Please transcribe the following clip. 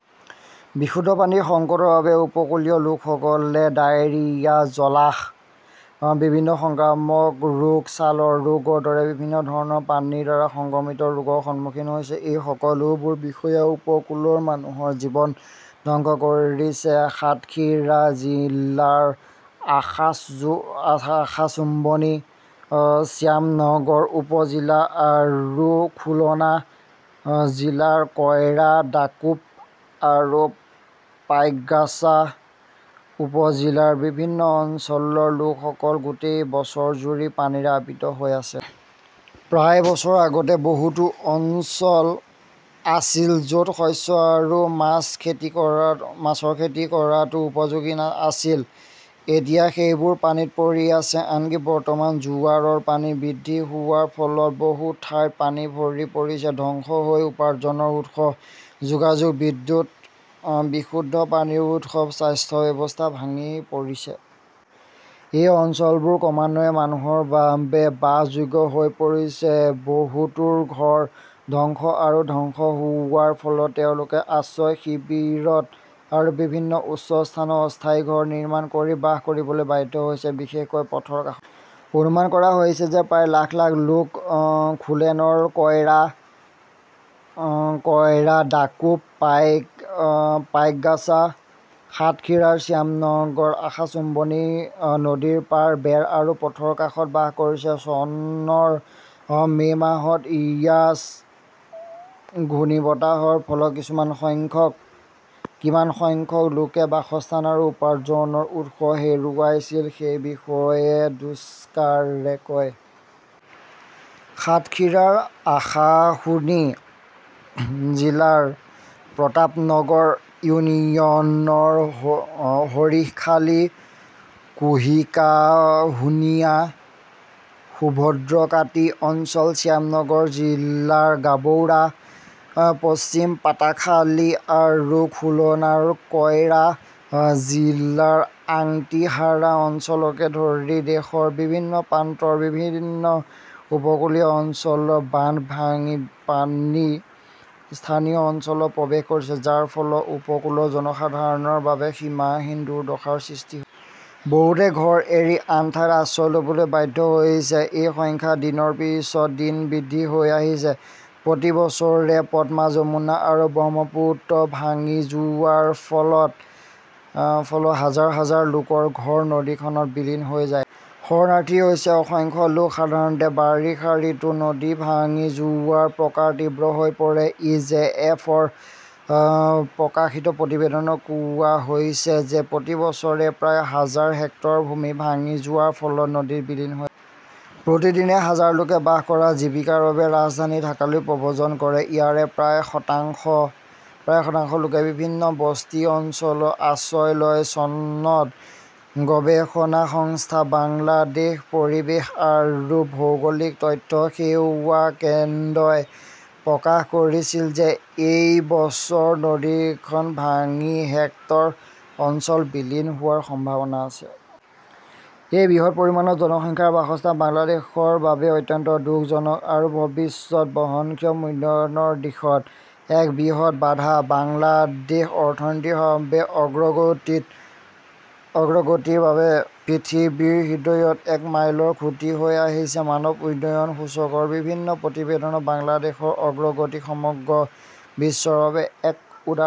বিশুদ্ধ পানীৰ সংকটৰ বাবে উপকূলীয় লোকসকলে ডায়েৰিয়া, জলাহ, বিভিন্ন সংক্ৰামক ৰোগ, ছালৰ ৰোগৰ দৰে বিভিন্ন ধৰণৰ পানীৰ দ্বাৰা সংক্ৰমিত ৰোগৰ সন্মুখীন হৈছে। এই সকলোবোৰ বিষয়ই উপকূলৰ মানুহৰ জীৱন ধ্বংস কৰিছে। সাতক্ষীৰা জিলাৰ আশাশ্বুনী, শ্যামনগৰ উপ-জিলা আৰু খুলনা জিলাৰ কয়ৰা, ডাকোপ আৰু পাইকগাছা উপ-জিলাৰ বিভিন্ন অঞ্চলৰ লোকসকল গোটেই বছৰজুৰি পানীৰে আবৃত হৈ আছে। প্ৰায় বছৰ আগতে বহুতো অঞ্চল আছিল য 'ত শস্য আৰু মাছ খেতি কৰাটো উপযোগী আছিল, এতিয়া সেইবোৰ পানীত পৰি আছে। আনকি বৰ্তমান জোৱাৰৰ পানী বৃদ্ধি হোৱাৰ ফলত বহু ঠাইত পানী ভৰি পৰিছে। ধ্বংস হৈছে উপাৰ্জনৰ উৎস, যোগাযোগ, বিদ্যুৎ, বিশুদ্ধ পানীৰ উৎস, স্বাস্থ্য ব্যৱস্থা ভাঙি পৰিছে। এই অঞ্চলবোৰ ক্ৰমান্বয়ে মানুহৰ বাবে বাসযোগ্য হৈ পৰিছে। বহুতোৰ ঘৰ ধ্বংস আৰু ধ্বংস হোৱাৰ ফলত তেওঁলোকে আশ্ৰয় শিবিৰত আৰু বিভিন্ন উচ্চ স্থানত অস্থায়ী ঘৰ নিৰ্মাণ কৰি বাস কৰিবলৈ বাধ্য হৈছে, বিশেষকৈ পথৰ কাষত। অনুমান কৰা হৈছে যে প্ৰায় লাখ লাখ লোক খোলেনৰ কয়ৰা, ডাকোপ, পাইকগাছা, সাতখিৰাৰ শ্যামনগৰ, আশাশ্বুনিৰ নদীৰ পাৰ, বেৰ আৰু পথৰ কাষত বাস কৰে। চনৰ মে মাহত ইয়াছ ঘূৰ্ণীবতাহৰ ফলত কিমান সংখ্যক লোকে বাসস্থান আৰু উপাৰ্জনৰ উৎস হেৰুৱাইছিল সেই বিষয়ে দুস্কাৰে কয়। সাতখিৰাৰ আশাশুনি জিলাৰ প্ৰতাপনগৰ ইউনিয়নৰ হৰিশখালী, কুঁৰিকাহুনিয়া, সুভদ্ৰকাটি অঞ্চল, শ্যামনগৰ জিলাৰ গাবৌৰা, পশ্চিম পাতাখালী আৰু খুলনাৰ কয়ৰা জিলাৰ আংটিহাৰা অঞ্চলকে ধৰি দেশৰ বিভিন্ন প্ৰান্তৰ বিভিন্ন উপকূলীয় অঞ্চলত বান্ধ ভাঙি পানী স্থানীয় অঞ্চলত প্ৰৱেশ কৰিছে, যাৰ ফলত উপকূলৰ জনসাধাৰণৰ বাবে সীমাহীন দুৰ্দশাৰ সৃষ্টি হৈছে। বহুতে ঘৰ এৰি আন ঠাইত আশ্ৰয় লʼবলৈ বাধ্য হৈছে। এই সংখ্যা দিনৰ পিছত দিন বৃদ্ধি হৈ আহিছে। প্ৰতি বছৰে পদ্মা, যমুনা আৰু ব্ৰহ্মপুত্ৰ ভাঙি যোৱাৰ ফলত হাজাৰ হাজাৰ লোকৰ ঘৰ নদীখনত বিলীন হৈ যায়। শৰণাৰ্থী হৈছে অসংখ্য লোক। সাধাৰণতে, বাৰিষা ঋতুত নদী ভাঙি যোৱাৰ প্ৰকাৰ তীব্ৰ হৈ পৰে। ই. জে. এফ. -ৰ প্ৰকাশিত প্ৰতিবেদনত কোৱা হৈছে যে প্ৰতি বছৰে প্ৰায় হাজাৰ হেক্টৰ ভূমি ভাঙি যোৱাৰ ফলত নদীত বিলীন হৈ যায়। প্ৰতিদিনে হাজাৰ লোকে বাস আৰু জীৱিকাৰ বাবে ৰাজধানী ঢাকালৈ প্ৰব্ৰজন কৰে। ইয়াৰে প্ৰায় শতাংশ লোকে বিভিন্ন বস্তি অঞ্চলত আশ্ৰয় লয়। চনত গৱেষণা সংস্থা বাংলাদেশ পৰিৱেশ আৰু ভৌগোলিক তথ্য সেৱা কেন্দ্ৰই প্ৰকাশ কৰিছিল যে এই বছৰ নদীখন ভাঙি হেক্টৰ অঞ্চল বিলীন হোৱাৰ সম্ভাৱনা আছে। এই বৃহৎ পৰিমাণৰ জনসংখ্যাৰ বাস্তৱস্থান বাংলাদেশৰ বাবে অত্যন্ত দুখজনক আৰু ভৱিষ্যত বহনক্ষম উন্নয়নৰ দিশত এক বৃহৎ বাধা। বাংলাদেশ অৰ্থনৈতিকভাৱে অগ্ৰগতিৰ বাবে পৃথিৱীৰ হৃদয়ত এক মাইলৰ খুঁটি হৈ আহিছে। মানৱ উন্নয়ন সূচকৰ বিভিন্ন প্ৰতিবেদনত বাংলাদেশৰ অগ্ৰগতি সমগ্ৰ বিশ্বৰ বাবে এক উদাহৰণ।